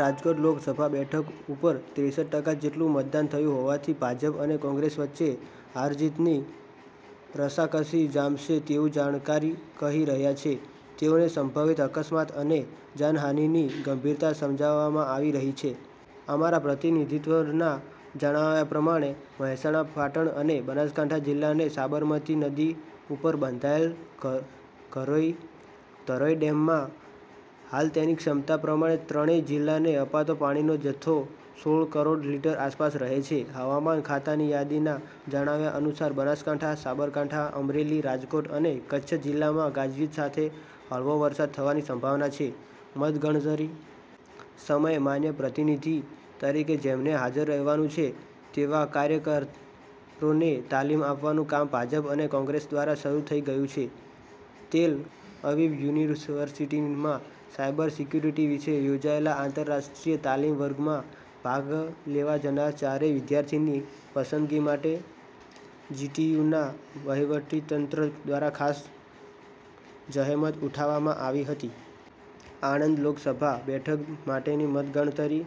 રાજકોટ લોકસભા બેઠક ઉપર ત્રેસઠ ટકા જેટલું મતદાન થયું હોવાથી ભાજપ અને કોંગ્રેસ વચ્ચે હારજીતની રસાકસી જામશે તેવું જાણકારી કહી રહ્યાં છે. તેઓને સંભવિત અકસ્માત અને જાનહાનિની ગંભીરતા સમજાવવા માં આવી રહી છે. અમારા પ્રતિનિધિના જણાવ્યા પ્રમાણે મહેસાણા પાટણ અને બનાસકાંઠા જિલ્લાને સાબરમતી નદી ઉપર બંધાયેલા ધરોઈ ડેમમાં હાલ તેની ક્ષમતા પ્રમાણે ત્રણેય જિલ્લાને અપાતો પાણીનો જથ્થો સોળ કરોડ લીટર આસપાસ રહે છે. હવામાન ખાતાની યાદીના જણાવ્યા અનુસાર બનાસકાંઠા, સાંબરકાઠા ,અમરેલી ,રાજકોટ અને કચ્છ જિલ્લાઓમાં ગાજવીજ સાથે હળવો વરસાદ થવાની સંભાવના છે.મતગણતરી સમયે માન્ય પ્રતિનિધિ તરીકે જેમને હાજર રહેવાનું છે તેવા કાર્યકરોને તાલીમ આપવાનું કામ ભાજપ અને કોંગ્રેસ દ્વારા શરૂ થઈ ગયું છે. તેલ અવિવ યુનિવર્સિટીમાં સાયબર સિક્યુરીટી વિશે યોજાયેલા આંતરરાષ્ટ્રીય તાલીમ વર્ગમાં ભાગ લેવા જનાર ચારેય વિદ્યાર્થીની પસંદગી માટે જીટીયુના વહીવટીતંત્ર દ્વારા ખાસ જહેમત ઉઠાવવામાં આવી હતી. આણંદ લોકસભા બેઠક માટેની મતગણતરી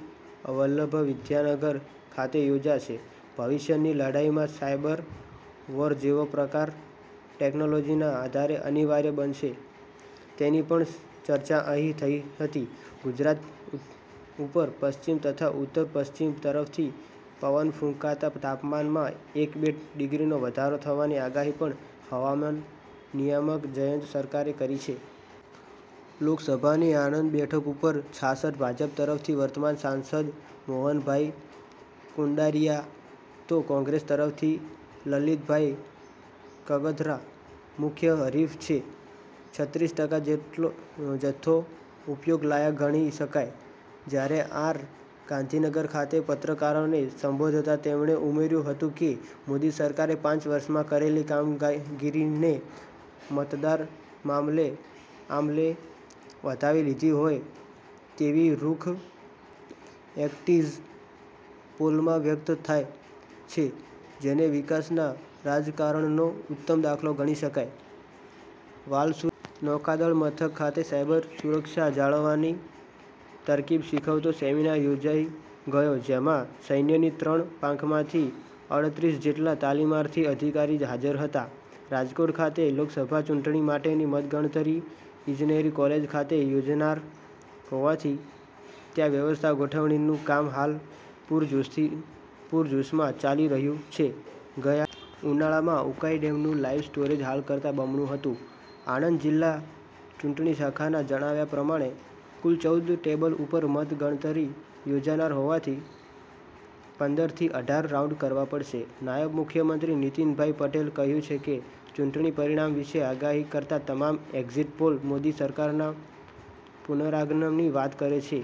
વલ્લભવિદ્યાનગર ખાતે યોજાશે .ભવિષ્યની લડાઈમાં સાયબર વોર જેવો પ્રકાર ટેકનોલોજીના આધારે અનિવાર્ય બનશે તેની પણ ચર્ચા અહીં થઈ હતી .ગુજરાત ઉપર પશ્ચિમ તથા ઉત્તર પશ્ચિમ તરફથી પવન ફૂંકાતા તાપમાનમાં એક બે ડિગ્રીનો વધારો થવાની આગાહી પણ હવામાન નિયામક જયંત સરકારે કરી છે. લોકસભાની આણંદ બેઠક ઉપર છાસઠ ભાજપ તરફથી વર્તમાન સાંસદ મોહનભાઈ કુંડારીયા તો કોંગ્રેસ તરફથી લલિતભાઈ કગથરા મુખ્ય હરીફ છે. છત્રીસ ટકા જથ્થો ઉપયોગ લાયક ગણી શકાય. ત્યારે આર ગાંધીનગર ખાતે પત્રકારોને સંબોધતા તેમણે ઉમેર્યું હતું કે મોદી સરકારે પાંચ વર્ષમાં કરેલી કામગીરીને મતદાર આલમે વધાવી લીધી હોય તેવી રૂખ એક્ઝિટ પોલમાં વ્યક્ત થાય છે જેને વિકાસના રાજકારણનો ઉત્તમ દાખલો ગણી શકાય .વાલસુરા નૌકાદળ મથક ખાતે સાયબરસુરક્ષા જાળવવાની તરકીબ શીખવતો સેમીનાર યોજાઈ ગયો જેમાં સૈન્યની ત્રણેય પાંખમાંથી અડત્રીસ જેટલા તાલીમાર્થી અધિકારી હાજર હતા. રાજકોટ ખાતે લોકસભા ચૂંટણી માટેની મતગણતરી ઈજનેરી કોલેજ ખાતે યોજાનાર હોવાથી ત્યાં વ્યવસ્થા ગોઠવણીનું કામ હાલ પુરજોશમાં ચાલી રહ્યું છે .ગયા ઉનાળામાં ઉકાઈ ડેમનું લાઇવ સ્ટોરેજ હાલ કરતા બમણું હતું. આણંદ જિલ્લા ચૂંટણી શાખાના જણાવ્યા પ્રમાણે કુલ ચૌદ ટેબલ ઉપર મત ગણતરી યોજાનાર હોવાથી પંદર થી અઢાર રાઉન્ડ કરવા પડશે. નાયબ મુખ્યમંત્રી નીતિનભાઈ પટેલે કહ્યું છે કે ચૂંટણી પરિણામ વિશે આગાહી કરતા તમામ એક્ઝિટ પોલ મોદી સરકારના પુનરાગમનની વાત કરે છે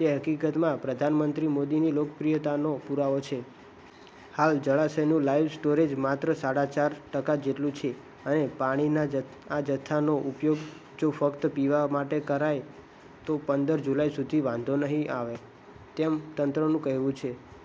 તે હકીકતમાં પ્રધાનમંત્રી મોદીની લોકપ્રિયતાનો પુરાવો છે. હાલ જળાશયનું લાઈવ સ્ટોરેજ માત્ર સાડા ચાર ટકા જેટલું છે અને પાણીના આ જથ્થાનો ઉપયોગ જો ફક્ત પીવા માટે કરાય તો પંદર જુલાઈ સુધી વાંધો નહીં આવે તેમ તંત્રનું કહેવું છે।